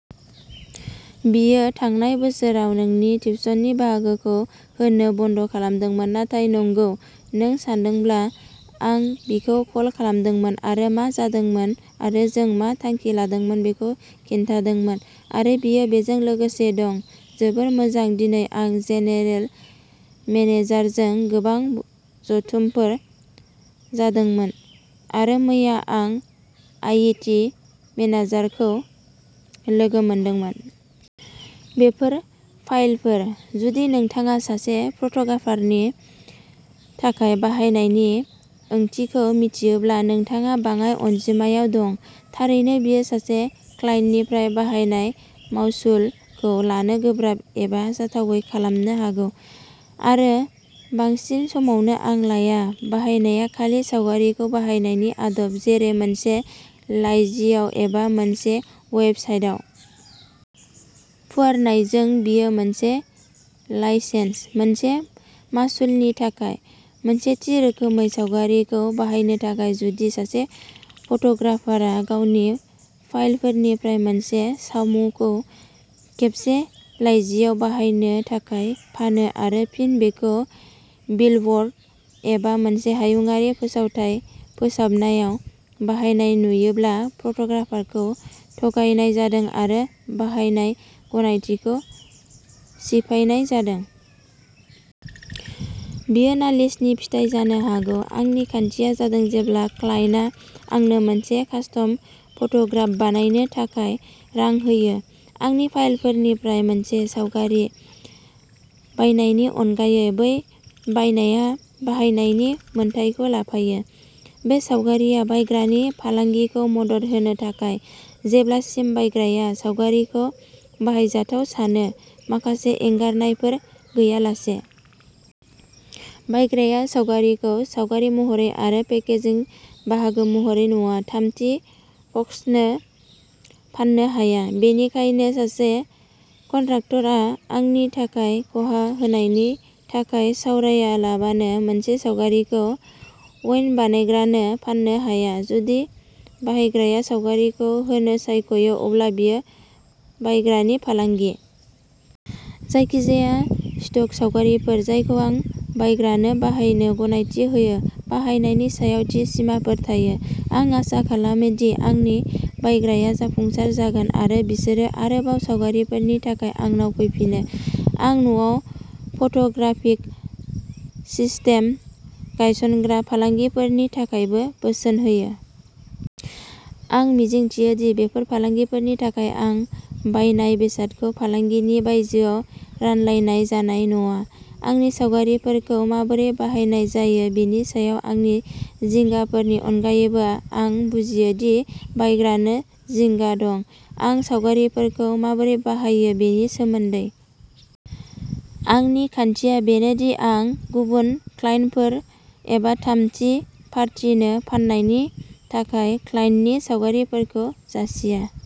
बियो थांनाय बोसोराव नोंनि टिउसननि बाहागोखौ होनो बन्द'खालामदोंमोन। नाथाय नंगौ, नों सानदोंब्ला, आं बिखौ कल खालामदोंमोन आरो मा जादोंमोन आरो जों मा बिथांखि लादों बेखौ खिन्थादोंमोन। आरो बियो बेजों लोगोसे दं। जोबोद मोजां, दिनै आं जेनेरेल मेनेजारजों गोबां जथुमफोर जादोंमोन, आरो मैया आं आईटी मेनेजारखौ लोगो मोनदोंमोन। बेफोर फाइलफोर। जुदि नोंथाङा सासे फट'ग्राफारनि थाखाय बाहायनायनि ओंथिखौ मिथियोब्ला नोंथाङा बाङाइ अनजिमायाव दं। थारैनो बेयो सासे क्लाइन्टनिफ्राय बाहायनाय मासुलखौ लानो गोब्राब एबा जाथावै खालामनो हागौ, आरो बांसिन समावनो आं लाया। बाहायनाया खालि सावगारिखौ बाहायनायनि आदब, जेरै मोनसे लाइजियाव एबा मोनसे वेब साइटआव। फुवारनायजों बेयो मोनसे लाइसेन्स, मोनसे मासुलनि थाखाय, मोनसे थि रोखोमै सावगारिखौ बाहायनो थाखाय। जुदि सासे फट'ग्राफारआ गावनि फाइलफोरनिफ्राय मोनसे सावमुखौ खेबसे लाइजियाव बाहायनो थाखाय फानो आरो फिन बेखौ बिलब'र्ड एबा मोनसे हायुंआरि फोसावथाय फोसावनायाव बाहायनाय नुयोब्ला फट'ग्राफारखौ थगायनाय जादों आरो बाहायनाय गनायथिखौ सिफायनाय जादों। बेयो नालिसनि फिथाय जानो हागौ। आंनि खान्थिया जादों जेब्ला क्लाइन्टआ आंनो मोनसे कास्टम फट'ग्राफ बानायनो थाखाय रां होयो, आंनि फाइलफोरनिफ्राय मोनसे सावगारि बायनायनि अनगायै, बै बायनाया बाहायनायनि मोन्थाइखौ लाफायो। बे सावगारिआ बायग्रानि फालांगिखौ मदद होनो थाखाय, जेब्लासिम बायग्राया सावगारिखौ बाहायजाथाव सानो, माखासे एंगारनायफोर गैयालासे। बायग्राया सावगारिखौ, सावगारि महरै आरो पेकेजिंनि बाहागो महरै नङा, थामथि पक्षनो फाननो हाया। बेनिखायनो सासे कन्ट्राक्टरआ आंनि थाखाय खहा होनायनि थाखाय सावरायालाबानो मोनसे सावगारिखौ उइन्ड'बानायग्रानो फान्नो हाया। जुदि बायग्राया सावगारिखौ होनो सायख'यो, अब्ला बेयो बायग्रानि फालांगि। जायखिजाया स्टक सावगारिफोर जायखौ आं बायग्रानो बाहायनो गनायथि होयो, बाहायनायनि सायाव थि सिमाफोर थायो। आं आसा खालामो दि आंनि बायग्राया जाफुंसार जागोन, आरो बिसोरो आरोबाव सावगारिफोरनि थाखाय आंनाव फैफिनो। आं न'आव फट'ग्राफिक सिस्टेम गायसनग्रा फालांगिफोरनि थाखायबो बोसोन होयो। आं मिजिंथियो दि बेफोर फालांगिफोरनि थाखाय आं बानायनाय बेसादखौ फालांगिनि बायजोआव रानलायनाय जानाय नङा। आंनि सावगारिफोरखौ माबोरै बाहायनाय जायो बेनि सायाव आंनि जिंगाफोरनि अनगायैबो आं बुजियो दि बायग्रानो जिंगा दं। आं सावगारिफोरखौ माबोरै बाहायो बेनि सोमोन्दै। आंनि खान्थिया बेनो दि आं गुबुन क्लाइन्टफोर एबा थामथि पार्टिनो फाननायनि थाखाय क्लाइन्टनि सावगारिफोरखौ जासिया।